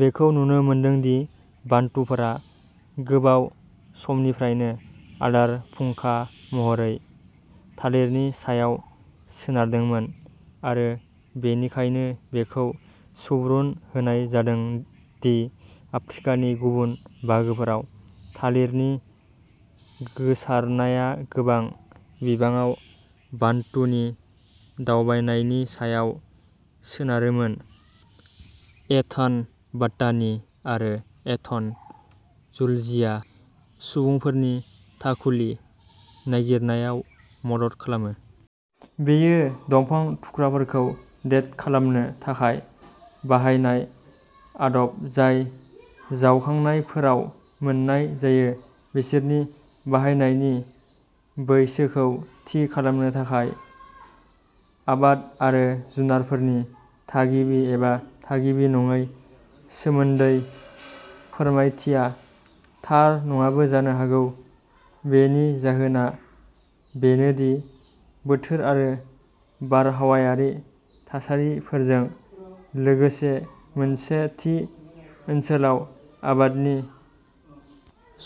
बेखौ नुनो मोनदों दि बान्टुफोरा गोबाव समनिफ्रायनो आदार फुंखा महरै थालिरनि सायाव सोनारदोंमोन आरो बेनिखायनो बेखौ सुबुरुन होनाय जादों दि आफ्रिकानि गुबुन बाहागोफोराव थालिरनि गोसारनाया गोबां बिबाङाव बान्टुनि दावबायनायनि सायाव सोनारोमोन। एथना'बटानि आरो एथन'जुलजिया सुबुंफोरनि थाखुलि नागिरनायाव मदद खालामो। बेयो दंफांनि थुख्राफोरखौ डेट खालामनो थाखाय बाहायनाय आदब जाय जावखांनायफोराव मोन्नाय जायो बिसोरनि बाहायनायनि बैसोखौ थि खालामनो थाखाय। आबाद आरो जुनारफोरनि थागिबि एबा थागिबि नङैनि सोमोन्दै फोरमायथिया थार नङाबो जानो हागौ। बेनि जाहोना बेनो दि बोथोर आरो बारहावायारि थासारिफोरजों लोगोसे मोनसे थि ओनसोलाव आबादनि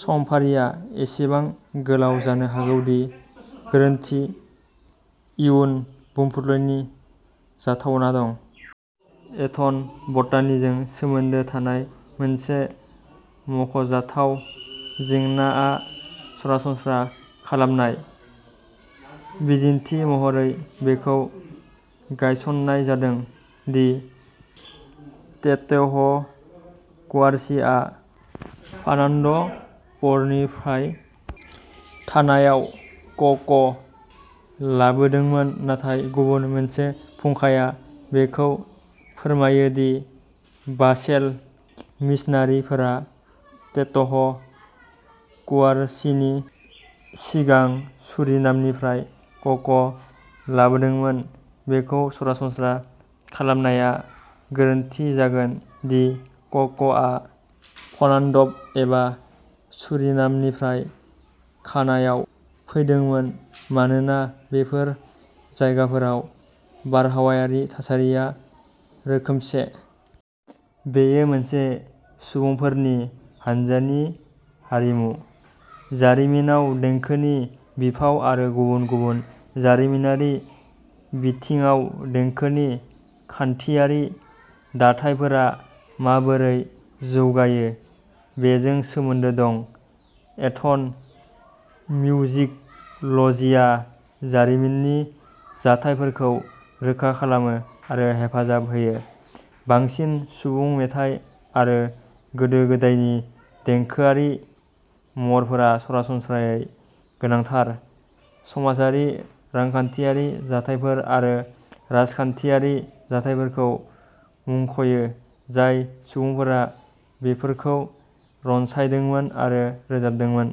समफारिआ एसेबां गोलाव जानो हागौ दि गोरोन्थि इयुन बुंफुरलुनि जाथावना दं। एथन'बटानिजों सोमोन्दो थानाय मोनसे मख'जाथाव जेंनाआ सरासनस्रा खालामनाय। बिदिन्थि महरै बेखौ गायसननाय जादों दि टेटेह कुवारसिआ फर्नान्डपनिफ्राय घानायाव क' क' लाबोदोंमोन नाथाय गुबुन मोनसे फुंखाया बेखौ फोरमायो दि बासेल मिशनारिफोरा टेटेह कुवारसिनि सिगां सुरिनामनिफ्राय क' क' लाबोदोंमोन बेखौ सरासनस्रा खालामनाया गोरोन्थि जागोन दि क' क' आ फर्नान्डप एबा सुरिनामनिफ्राय घानायाव फैदोंमोन मानोना बेफोर जायगाफोराव बारहावायारि थासारिया रोखोमसे। बेयो मोनसे सुबुंफोरनि हान्जानि हारिमु जारिमिनाव देंखोनि बिफाव आरो गुबुन गुबुन जारिमिनारि बिथिङाव देंखोनि खान्थियारि दाथायफोरा माबोरै जौगायो बेजों सोमोन्दो दं। एथन' मिउजिक'लजिया जारिमिननि जाथायफोरखौ रोखा खालामो आरो हेफाजाब होयो। बांसिन सुबुं मेथाइ आरो गोदो गोदायनि देंखोआरि महरफोरा सरासनस्रायै गोनांथार समाजारि रांखान्थियारि जाथायफोर आरो राजखान्थियारि जाथायफोरखौ मुंखयो जाय सुबुंफोरा बेफोरखौ रनसायदोंमोन आरो रोजाबदोंमोन।